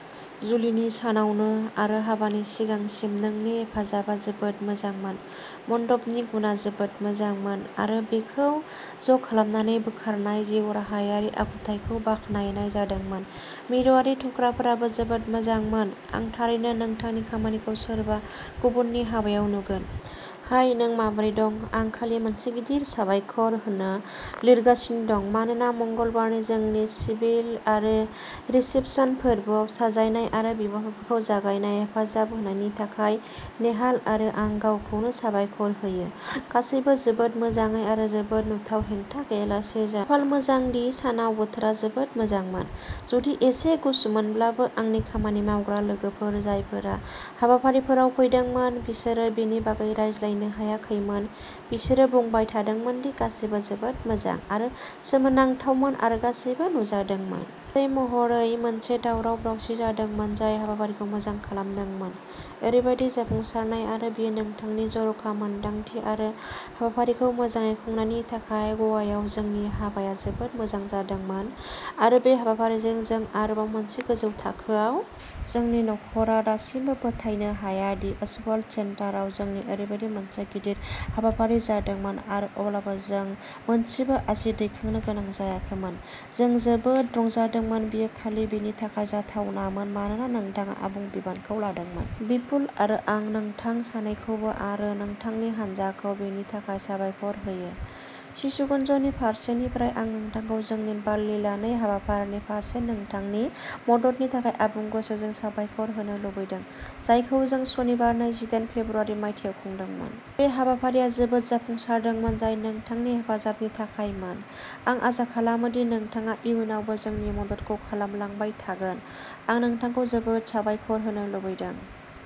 जुलिनि सानावनो आरो हाबानि सिगांसिम नोंनि हेफाजाबआ जोबोद मोजांमोन। मन्दपनि गुना जोबोद मोजांमोन आरो बेखौ ज' खालामनानै बोखारनाय जिउराहायारि आखुथाइखौ बाखनायनाय जादोंमोन। मिरुआरि थुख्राफोराबो जोबोद मोजांमोन। आं थारैनो नोंथांनि खामानिखौ सोरबा गुबुननि हाबायाव नुगोन। हाय नों माबोरै दं? आं खालि मोनसे गिदिर साबायखर होनो लिरगासिनो दं, मानोना मंगलबारनि जोंनि सिभिल आरो रिसेपसन फोरबोआव साजायनाय आरो बिबारफोरखौ जगायनो हेफाजाब होनायनि थाखाय नेहाल आरो आं गावखौनो साबायखर होयो। गासैबो जोबोद मोजाङै आरो जेबो नुथाव हेंथा गैयालासे जा -- फाल मोजां दि सानाव बोथोरा जोबोद मोजांमोन, जुदि एसे गुसुमोनब्लाबो आंनि खामानि मावग्रा लोगोफोर जायफोरा हाबाफारिफोराव फैदोंमोन बिसोर बेनि बागै रायज्लायनो हायाखैमोन। बिसोरो बुंबाय थादोंमोन दि गासैबो जोबोद मोजां आरो सोमोनांथावमोन आरो गासैबो नुजादोंमोन। सै महरै मोनसे दावराव-दावसि जादोंमोन जाय हाबाफारिखौ मोजां खालामदोंमोन। ओरैबायदि जाफुंसारनाय आरो बेयो नोंथांनि जर'खा मोनदांथि आरो हाबाफारिखौ मोजाङै खुंनायनि थाखाय गवायाव जोंनि हाबाया जोबोद मोजां जादोंमोन आरो बे हाबाफारिजों जों आरोबाव मोनसे गोजौ थाखोआव -- जोंनि नखरा दासिमबो फोथायनो हाया दि अशबल सेन्टाराव जोंनि ओरैबायदि मोनसे गिदिर हाबाफारि जादोंमोन आरो अब्लाबो जों मोनसेबो आसि दैखांनो गोनां जायाखैमोन। जों जोबोद रंजादोंमोन बेयो खालि बेनि थाखाय जाथावनामोन मानोना नोंथाङा आबुं बिबानखौ लादोंमोन। बिपुल आरो आं नोंथां सानैखौबो आरो नोंथांनि हान्जाखौ बेनि थाखाय साबायखर होयो। शिशुकुन्जनि फारसेनिफ्राय आं नोंथांखौ जोंनि बाल लीला नै हाबाफारिनि फारसे नोंथांनि मददनि थाखाय आबुं गसोजों साबायखर होनो लुबैदों। जायखौ जों सनिबार नैजिदायन फेब्रुआरि मायथाइयाव खुंदोंमोन। बे हाबाफारिया जोबोद जाफुंसारदोंमोन जाय नोंथांनि हेफाजाबनि थाखायमोन। आं आसा खालामो दि नोंथाङा इयुनावबो जोंनि मददखौ खालामलांबाय थागोन। आं नोंथांखौ जोबोद साबायखर होनो लुबैदों।